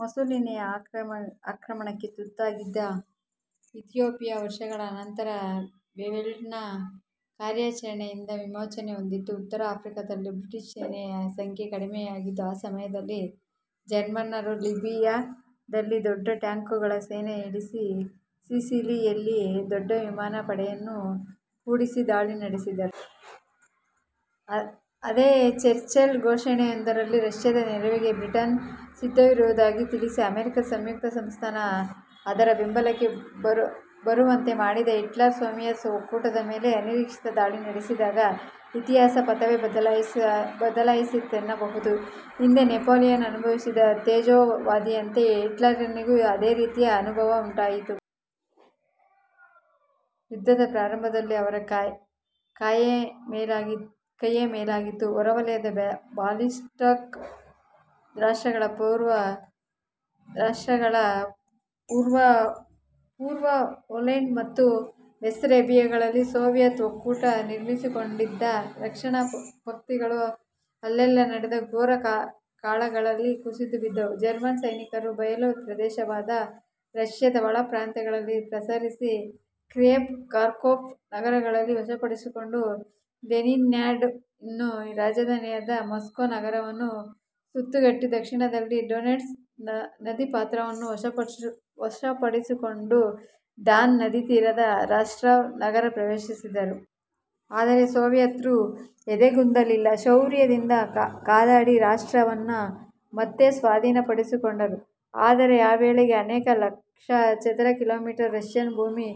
ಮುಸೋಲಿನಿಯ ಆಕ್ರಮಣಕ್ಕೆ ತುತ್ತಾಗಿದ್ದ ಇಥಿಯೋಪಿಯ ವರ್ಷಗಳ ಅನಂತರ ವೇವೆಲ್ನ ಕಾರ್ಯಾಚರಣೆಯಿಂದ ವಿಮೋಚನೆ ಹೊಂದಿತು. ಉತ್ತರ ಆಫ್ರಿಕದಲ್ಲಿ ಬ್ರಿಟಿಷ್ ಸೇನೆಯ ಸಂಖ್ಯೆ ಕಡಿಮೆಯಾಗಿದ್ದ ಆ ಸಮಯದಲ್ಲಿ ಜರ್ಮನ್ನರು ಲಿಬಿಯ ದಲ್ಲಿ ದೊಡ್ಡ ಟ್ಯಾಂಕುಗಳ ಸೇನೆ ಇಳಿಸಿ, ಸಿಸಿಲಿ ಯಲ್ಲಿ ದೊಡ್ಡ ವಿಮಾನ ಪಡೆಯನ್ನು ಕೂಡಿಸಿ ದಾಳಿ ನಡೆಸಿದರು. ಅಂದೇ ಚರ್ಚಿಲ್ ಘೋಷಣೆಯೊಂದರಲ್ಲಿ ರಷ್ಯದ ನೆರವಿಗೆ ಬ್ರಿಟನ್ ಸಿದ್ಧವಿರುವುದಾಗಿ ತಿಳಿಸಿ, ಅಮೆರಿಕ ಸಂಯುಕ್ತ ಸಂಸ್ಥಾನವು ಅದರ ಬೆಂಬಲಕ್ಕೆ ಬರುವಂತೆ ಮಾಡಿದ. ಹಿಟ್ಲರ್ ಸೋವಿಯತ್ ಒಕ್ಕೂಟದ ಮೇಲೆ ಅನಿರೀಕ್ಷಿತ ದಾಳಿ ನಡೆಸಿದಾಗ ಇತಿಹಾಸದ ಪಥವೇ ಬದಲಾಯಿತೆನ್ನಬಹುದು. ಹಿಂದೆ ನೆಪೋಲಿಯನ್ ಅನುಭವಿಸಿದ ತೇಜೋವಧೆಯಂತೆ ಹಿಟ್ಲರನಿಗೂ ಅದೇ ರೀತಿಯ ಅನುಭವ ಉಂಟಾಯಿತು. ಯುದ್ಧದ ಪ್ರಾರಂಭದಲ್ಲಿ ಅವರ ಕೈಯೇ ಮೇಲಾಗಿತ್ತು. ಹೊರವಲಯದ ಬಾಲ್ಟಿಕ್ ರಾಷ್ಷ್ರಗಳಲ್ಲಿ, ಪುರ್ವ ಪೋಲೆಂಡ್ ಮತ್ತು ಬೆಸ್ಸರೇಬಿಯಗಳಲ್ಲಿ ಸೋವಿಯತ್ ಒಕ್ಕೂಟ ನಿರ್ಮಿಸಿಕೊಂಡಿದ್ದ ರಕ್ಷಣಾ ಪಂಕ್ತಿಗಳು ಅಲ್ಲೆಲ್ಲ ನಡೆದ ಘೋರ ಕಾಳಗಗಳಲ್ಲಿ ಕುಸಿದುಬಿದ್ದುವು. ಜರ್ಮನ್ ಸೈನಿಕರು ಬಯಲು ಪ್ರದೇಶವಾದ ರಷ್ಯದ ಒಳಪ್ರಾಂತ್ಯಗಳಲ್ಲಿ ಪ್ರಸರಿಸಿ ಕೀಯೆಫ್, ಕಾರ್ಕೋಫ್ ನಗರಗಳನ್ನು ವಶಪಡಿಸಿಕೊಂಡು ಲೆನಿನ್ಗ್ರಾಡ್ ನ್ನೂ ರಾಜಧಾನಿಯಾದ ಮಾಸ್ಕೋ ನಗರವನ್ನೂ ಸುತ್ತುಗಟ್ಟಿ ದಕ್ಷಿಣದಲ್ಲಿ ಡೊನೆಡ್ಸ್ ನದೀಪಾತ್ರವನ್ನು ವಶಪಡಿಸಿಕೊಂಡು ಡಾನ್ ನದೀತೀರದ ರಾಸ್ಟಾವ್ ನಗರ ಪ್ರವೇಶಿಸಿದರು. ಆದರೆ ಸೋವಿಯತ್ರು ಎದೆಗುಂದಲಿಲ್ಲ. ಶೌರ್ಯದಿಂದ ಕಾದಾಡಿ ರಾಸ್ಟಾವನ್ನು ಮತ್ತೆ ಸ್ವಾಧೀನ ಪಡಿಸಿಕೊಂಡರು. ಆದರೆ ಆ ವೇಳೆಗೆ ಅನೇಕ ಲಕ್ಷ ಚದರ ಕಿಮೀಗಳ ರಷ್ಯನ್ ಭೂಮಿ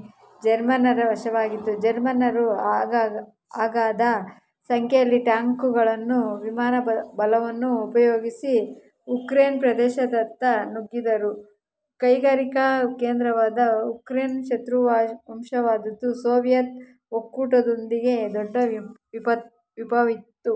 ಜರ್ಮನ್ನರ ವಶವಾಗಿತ್ತು. ಜರ್ಮನ್ನರು ಅಗಾಧ ಸಂಖ್ಯೆಯಲ್ಲಿ ಟ್ಯಾಂಕುಗಳನ್ನೂ ವಿಮಾನ ಬಲವನ್ನೂ ಉಪಯೋಗಿಸಿ ಉಕ್ರೇನ್ ಪ್ರದೇಶದತ್ತ ನುಗ್ಗಿದರು. ಕೈಗಾರಿಕಾ ಕೇಂದ್ರವಾದ ಉಕ್ರೇನ್ ಶತ್ರುವಶವಾದದ್ದು ಸೋವಿಯತ್ ಒಕ್ಕೂಟಕ್ಕೊದಗಿದ ದೊಡ್ಡ ವಿಪತ್ತು.